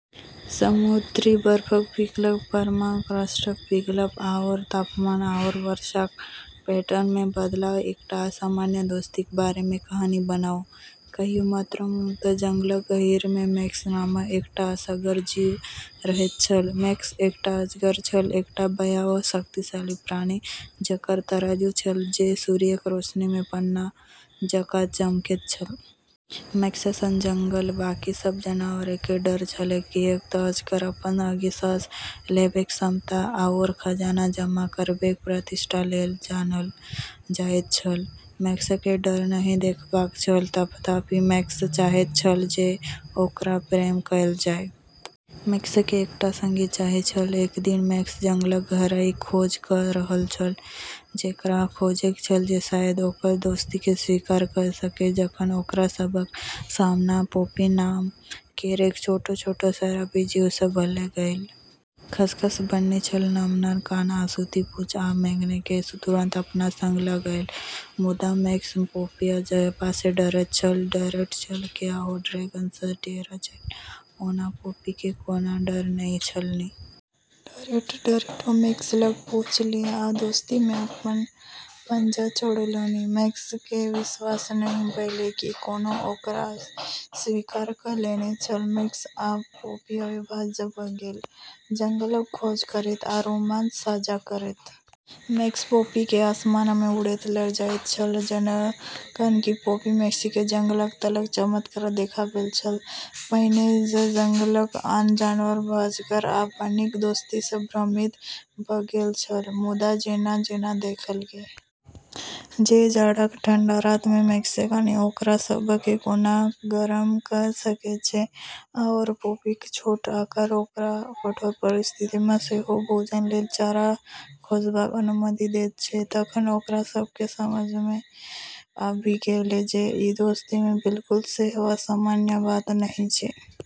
समुद्री बर्फक पिघलब, परमाफ्रॉस्टक पिघलब, आओर तापमान आओर वर्षाक पैटर्नमे बदलावक। एकटा असामान्य दोस्तीक बारेमे कहानी बनाउ। कहियो मंत्रमुग्ध जंगलक गहींरमे मैक्स नामक एकटा असगर जीव रहैत छल। मैक्स एकटा अजगर छल, एकटा भयावह, शक्तिशाली प्राणी जकर तराजू छल जे सूर्यक रोशनीमे पन्ना जकाँ चमकैत छल। मैक्ससँ जंगलक बाँकी सब जानवरकेँ डर छलैक, किऐक तऽ अजगर अपन आगि-साँस लेबैक क्षमता आओर खजाना जमा करबैक प्रतिष्ठा लेल जानल जाइत छल। मैक्सकेँ डर नहि देखेबाक छल, तथापि; मैक्स चाहैत छल जे ओकरा प्रेम कएल जाय। मैक्सकेँ एकटा संगी चाही छल। एक दिन मैक्स जंगलक गहराईक खोज कऽ रहल छल, जेकरासँ खोजैत छल जे शायद ओकर दोस्तीकेँ स्वीकार कऽ सकै जखन ओकरा सभक सामना पोपी नाम केर एक छोट-छोट, शराबी जीवसँ भऽ गेलै। खसखस बन्नी छल, नम्हर कान आ सूती-पूँछ, आ मैक्सकेँ तुरन्त अपना संग लऽ गेलै। मुदा मैक्स पोपी लग जेबासँ डरैत छल, डरैत छल जे ओहो ड्रैगनसँ डेरा जायत। ओना पोपीकेँ कोनो डर नहि छलनि। डरैत-डरैत ओ मैक्स लग पहुँचलीह, आ दोस्तीमे अपन पंजा चढ़ौलनि। मैक्सकेँ विश्वास नहि भेलै कि कोनो ओकरा स्वीकार कऽ लेने छल! मैक्स आ पोपी अविभाज्य भऽ गेल, जंगलक खोज करैत आ रोमांच साझा करैत। मैक्स पोपीकेँ आसमानमे उड़ैत लऽ जाइत छल, जखन कि पोपी मैक्सकेँ जंगलक तलक चमत्कार देखाबैत छल। पहिने तँ जंगलक आन जानवर सभ अजगर आ बन्नीक दोस्तीसँ भ्रमित भऽ गेल छल। मुदा जेना-जेना देखलकै जे जाड़ाक ठंडा रातमे मैक्सक आगि ओकरा सभकेँ कोना गरम कऽ सकैत छै, आओर पोपीक छोट आकार ओकरा कठोर परिस्थितिमे सेहो भोजन लेल चारा खोजबाक अनुमति दैत छै, तखन ओकरा सभकेँ समझैमे आबि गेलै जे ई दोस्तीमे बिल्कुल सेहो असामान्य बात नहि छै।